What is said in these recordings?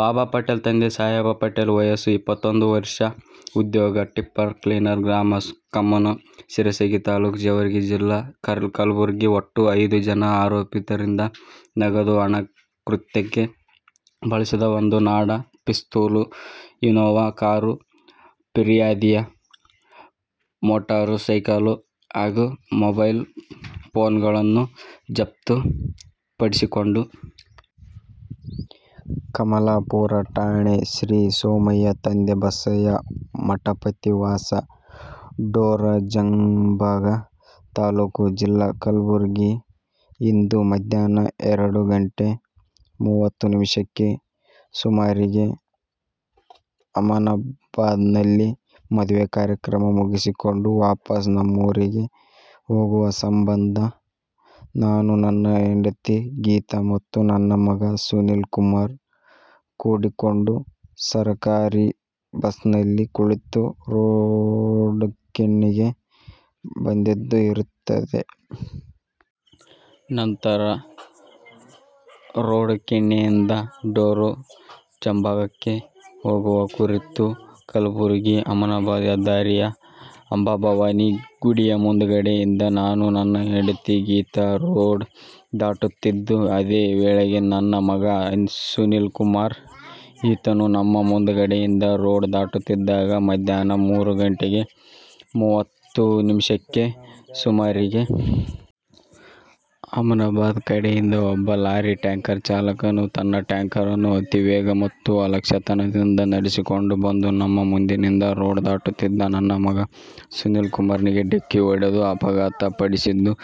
ಬಾಬಾ ಪಟೇಲ ತಂದೆ ಸಾಹೇಬ ಪಟೇಲ ವಯಸ್ಸು ಇಪ್ಪತ್ತೊಂದು ವರ್ಷ ಉದ್ಯೋಗ ಟಿಪ್ಪರ ಕ್ಲೀನರ್ ಗ್ರಾಮ ಕುಮ್ಮನ ಸಿರಸಗಿ ತಾಲ್ಲೂಖು ಜೇವರಗಿ ಜಿಲ್ಲಾ ಕಲಬುರಗಿ ಒಟ್ಟು ಐದು ಜನ ಆರೋಪಿತರಿಂದ ನಗದು ಹಣ, ಕೃತ್ಯಕ್ಕೆ ಬಳಿಸಿದ ಒಂದು ನಾಡ ಪಿಸ್ತೂಲು, ಇನೋವಾ ಕಾರು, ಫಿರ್ಯಾದಿಯ ಮೊಟಾರು ಸೈಕಲ್ ಹಾಗು ಮೊಬೈಲ್ ಫೋನುಗಳನ್ನು ಜಪ್ತು ಪಡಿಸಿಕೊಂಡು. ಕಮಲಾಪೂರ ಠಾಣೆ: ಶ್ರೀ ಸೋಮಯ್ಯ ತಂದೆ ಬಸಯ್ಯ ಮಠಪತಿ ವಾಸ ಡೊರಜಂಬಗಾ ತಾಲ್ಲೂಖು: ಜಿಲ್ಲಾ :ಕಲಬುರಗಿ ಇಂದು ಮದ್ಯಾಹ್ನ ಎರಡು ಗಂಟೆ ಮೂವತ್ತು ನಿಮಿಷಕ್ಕೆ ಸೂಮಾರಿಗೆ ಹುಮನಾಬಾದನಲ್ಲಿ ಮದುವೆ ಕಾರ್ಯಕ್ರಮ ಮುಗಿಸಿಕೊಂಡು ವಾಪಸ್ ನಮ್ಮೂರಿಗೆ ಹೋಗುವ ಸಂಬಂಧ ನಾನು ನನ್ನ ಹೆಂಡತಿ ಗೀತಾ ಮತ್ತು ನನ್ನ ಮಗ ಸುನೀಲಕುಮಾರ ಕೂಡಿಕೊಂಡು ಸರಕಾರಿ ಬಸ್ನಲ್ಲಿ ಕುಳಿತು ರೋಡಕಿಣ್ಣಿಗೆ ಬಂದಿದ್ದು ಇರುತ್ತದೆ. ನಂತರ ರೋಡಕಿಣ್ಣಿಯಿಂದ ಡೊರಜಂಬಗಾಕ್ಕೆ ಹೋಗುವ ಕುರಿತು ಕಲಬುರಗಿ ಹುಮನಾಬಾದ ಹೆದ್ದಾರಿಯ ಅಂಬಾಭವಾನಿ ಗುಡಿಯ ಮುಂದುಗಡೆಯಿಂದ ನಾನು ನನ್ನ ಹೆಂಡತಿ ಗೀತಾ ರೋಡ್ ದಾಟುತ್ತಿದ್ದು ಅದೇ ವೇಳೆಗೆ ನನ್ನ ಮಗ ಸುನೀಲಕುಮಾರ ಈತನು ನಮ್ಮ ಮುಂದುಗಡೆಯಿಂದ ರೋಡ್ ದಾಟುತ್ತಿದ್ದಾಗ ಮಧ್ಯಾಹ್ನ ಮೂರು ಗಂಟೆ ಮೂವತ್ತು ನಿಮಿಷಕ್ಕೆ ಸೂಮಾರಿಗೆ ಹುಮನಾಬಾದ ಕಡೆಯಿಂದ ಒಬ್ಬ ಲಾರಿ ಟ್ಯಾಂಕರ್ ಚಾಲಕನು ತನ್ನ ಟ್ಯಾಂಕರನ್ನು ಅತಿವೇಗ ಮತ್ತು ಅಲಕ್ಷ್ಯತನದಿಂದ ನಡೆಸಿಕೊಂಡು ಬಂದು ನಮ್ಮ ಮುಂದಿನಿಂದ ರೋಡ್ ದಾಟುತ್ತಿದ್ದ ನನ್ನ ಮಗ ಸುನೀಲಕುಮಾರನಿಗೆ ಡಿಕ್ಕಿ ಹೊಡೆದು ಅಪಘಾತ ಪಡಿಸಿದ್ದು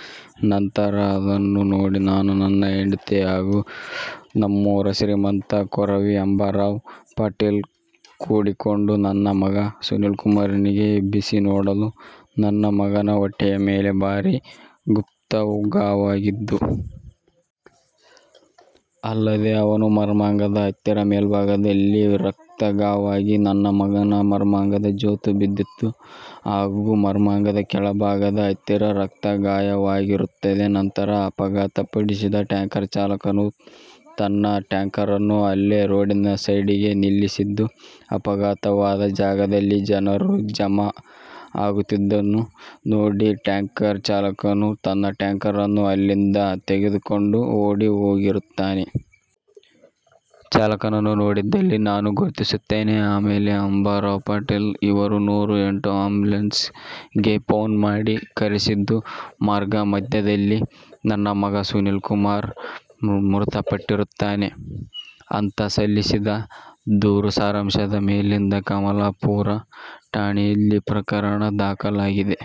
ನಂತರ ಅದನ್ನು ನೋಡಿ ನಾನು ನನ್ನ ಹೆಂಡತಿ ಹಾಗೂ ನಮ್ಮೂರ ಶ್ರೀಮಂತ ಕೋರವಿ ಅಂಬಾರಾವ ಪಾಟೀಲ ಕೂಡಿಕೊಂಡು ನನ್ನ ಮಗ ಸುನೀಲಕುಮಾರನಿಗೆ ಎಬ್ಬಿಸಿ ನೋಡಲು ನನ್ನ ಮಗನ ಹೊಟ್ಟೆಯ ಮೇಲೆ ಭಾರಿ ಗುಪ್ತಗಾವಾಗಿದ್ದು. ಅಲ್ಲದೆ ಅವನ ಮರ್ಮಾಂಗದ ಹತ್ತಿರ ಮೇಲ್ಬಾದಲ್ಲಿ ಭಾರಿ ರಕ್ತಗಾವಾಗಿ ನನ್ನ ಮಗನ ಮರ್ಮಾಂಗದ ಜೋತು ಬಿದ್ದಿದ್ದು ಹಾಗೂ ಮರ್ಮಾಂಗದ ಕೆಳಭಾಗದ ಹತ್ತಿರ ರಕ್ತ ಗಾಯವಾಗಿರುತ್ತದೆ. ನಂತರ ಅಪಘಾತ ಪಡಿಸಿದ ಟ್ಯಾಂಕರ್ ಚಾಲಕನು ತನ್ನ ಟ್ಯಾಂಕರನ್ನು ಅಲ್ಲೆ ರೋಡಿನ ಸೈಡಿಗೆ ನಿಲ್ಲಿಸಿದ್ದು ಅಪಘಾತವಾದ ಜಾಗದಲ್ಲಿ ಜನರು ಜಮಾ ಆಗುತ್ತಿದ್ದನ್ನು ನೋಡಿ ಟ್ಯಾಂಕರ್ ಚಾಲಕನು ತನ್ನ ಟ್ಯಾಂಕರನ್ನು ಅಲ್ಲಿಂದ ತೆಗೆದುಕೊಂಡು ಓಡಿ ಹೋಗಿರುತ್ತಾನೆ. ಚಾಲಕನನ್ನು ನೋಡಿದಲ್ಲಿ ನಾನು ಗುರುತಿಸುತ್ತೇನೆ. ಆಮೇಲೆ ಅಂಬಾರಾವ ಪಾಟೀಲ ಇವರು ನೂರ ಎಂಟು ಅಂಬುಲೆನ್ಸ್ ಗೆ ಫೋನ್ ಮಾಡಿ ಕರೆಯಿಸಿದ್ದು ಮಾರ್ಗ ಮಧ್ಯದಲ್ಲಿ ನನ್ನ ಮಗ ಸುನೀಲ ಕುಮಾರನು ಮೃತ ಪಟ್ಟಿರುತ್ತಾನೆ ಅಂತಾ ಸಲ್ಲಿಸಿದ ದೂರು ಸಾರಾಂಶದ ಮೇಲಿಂದ ಕಮಲಾಪೂರ ಠಾಣೆಯಲ್ಲಿ ಪ್ರಕರಣ ದಾಖಲಾಗಿದೆ.